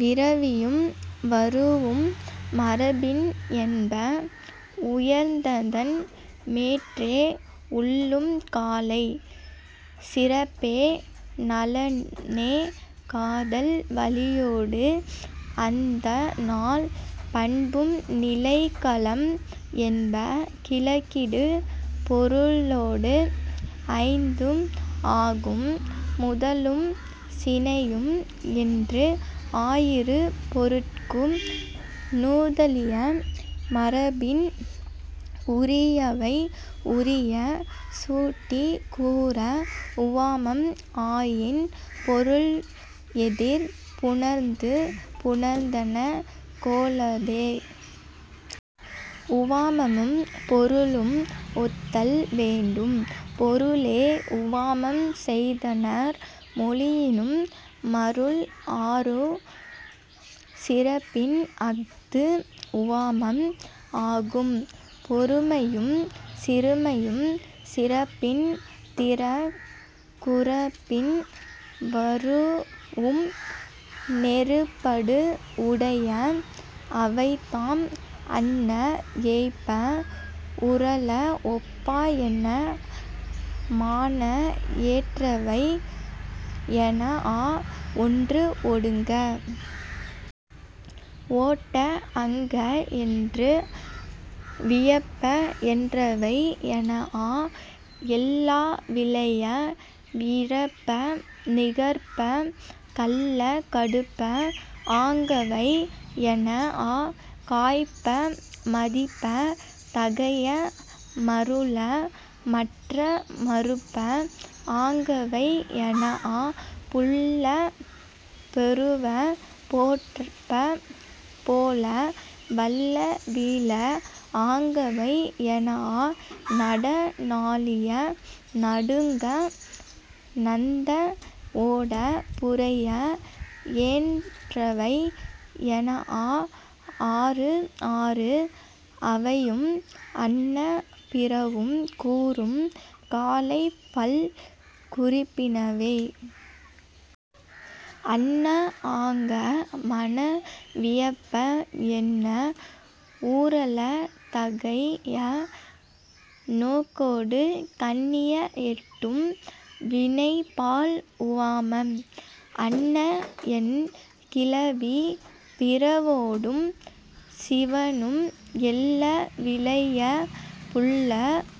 விரவியும் வரூஉம் மரபின என்ப. உயர்ந்ததன் மேற்றே உள்ளும் காலை. சிறப்பே நலனே காதல் வலியொடு அந் நால் பண்பும் நிலைக்களம் என்ப. கிழக்கிடு பொருளொடு ஐந்தும் ஆகும். முதலும் சினையும் என்று ஆயிரு பொருட்கும் நுதலிய மரபின் உரியவை உரிய. சுட்டிக் கூறா உவமம் ஆயின் பொருள் எதிர் புணர்த்துப் புணர்த்தன கொளலே. உவமமும் பொருளும் ஒத்தல் வேண்டும். பொருளே உவமம் செய்தனர் மொழியினும் மருள் அறு சிறப்பின் அஃது உவமம் ஆகும். பெருமையும் சிறுமையும் சிறப்பின் தீராக் குறிப்பின் வரூஉம் நெறிப்பாடு உடைய. அவைதாம், அன்ன ஏய்ப்ப உறழ ஒப்ப என்ன மான என்றவை எனாஅ ஒன்ற ஒடுங்க ஒட்ட ஆங்க என்ற வியப்ப என்றவை எனாஅ எள்ள விழைய விறப்ப நிகர்ப்ப கள்ள கடுப்ப ஆங்கவை எனாஅ காய்ப்ப மதிப்ப தகைய மருள மாற்ற மறுப்ப ஆங்கவை எனாஅ புல்ல பொருவ பொற்ப போல வெல்ல வீழ ஆங்கவை எனாஅ நாட நளிய நடுங்க நந்த ஓட புரைய என்றவை எனாஅ ஆறு ஆறு அவையும் அன்ன பிறவும் கூறும் காலைப் பல் குறிப்பினவே. அன்ன ஆங்க மான விறப்ப என்ன உறழ தகைய நோக்கொடு கண்ணிய எட்டும் வினைப்பால் உவமம். அன்ன என் கிளவி பிறவொடும் சிவணும். எள்ள விழைய புல்ல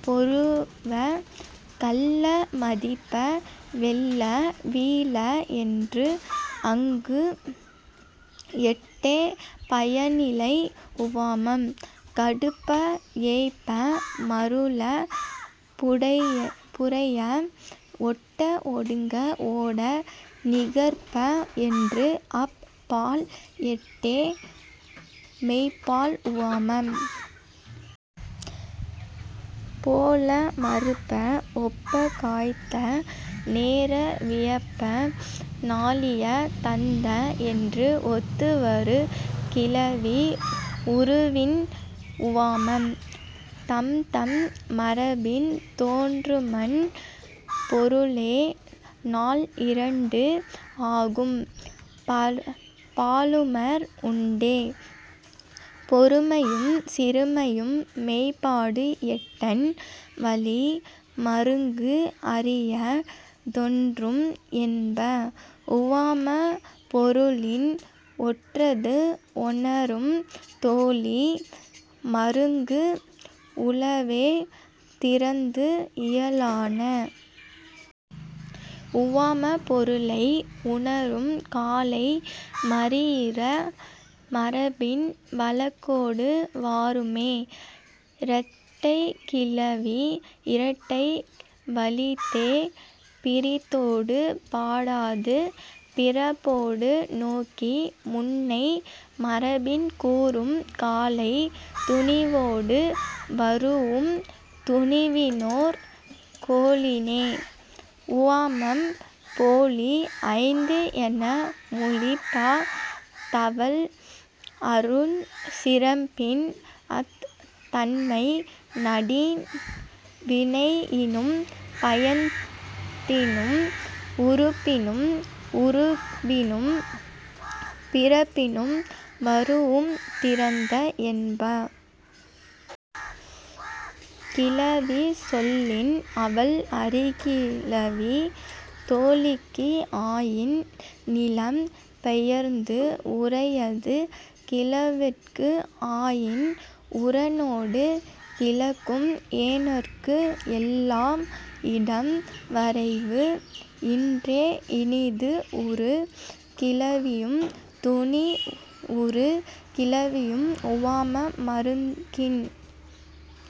பொருவ கள்ள மதிப்ப வெல்ல வீழ என்று ஆங்கு எட்டே பயனிலை உவமம். கடுப்ப ஏய்ப்ப மருள புரைய ஒட்ட ஒடுங்க ஓட நிகர்ப்ப என்று அப் பால் எட்டே மெய்ப்பால் உவமம். போல மறுப்ப ஒப்ப காய்த்த நேர வியப்ப நளிய நந்த என்று ஒத்து வரு கிளவி உருவின் உவமம். தம்தம் மரபின் தோன்றுமன் பொருளே. நால் இரண்டு ஆகும் பாலுமார் உண்டே. பெருமையும் சிறுமையும் மெய்ப்பாடு எட்டன் வழி மருங்கு அறியத் தோன்றும் என்ப. உவமப் பொருளின் உற்றது உணரும் தெளி மருங்கு உளவே திறத்து இயலான. உவமப் பொருளை உணரும் காலை மரீஇய மரபின் வழக்கொடு வருமே. இரட்டைக்கிளவி இரட்டை வழித்தே. பிறிதொடு படாது பிறப்பொடு நோக்கி முன்னை மரபின் கூறும் காலை துணிவொடு வரூஉம் துணிவினோர் கொளினே. உவமப் போலி ஐந்து என மொழிப. தவல் அருஞ் சிறப்பின் அத் தன்மை நாடின் வினையினும் பயத்தினும் உறுப்பினும் உருவினும் பிறப்பினும் வரூஉம் திறத்த என்ப. கிழவி சொல்லின் அவள் அறி கிளவி. தோழிக்கு ஆயின் நிலம் பெயர்ந்து உரையாது. கிழவோற்கு ஆயின் உரனொடு கிளக்கும். ஏனோர்க்கு எல்லாம் இடம் வரைவு இன்றே. இனிது உறு கிளவியும் துனி உறு கிளவியும் உவம மருங்கின்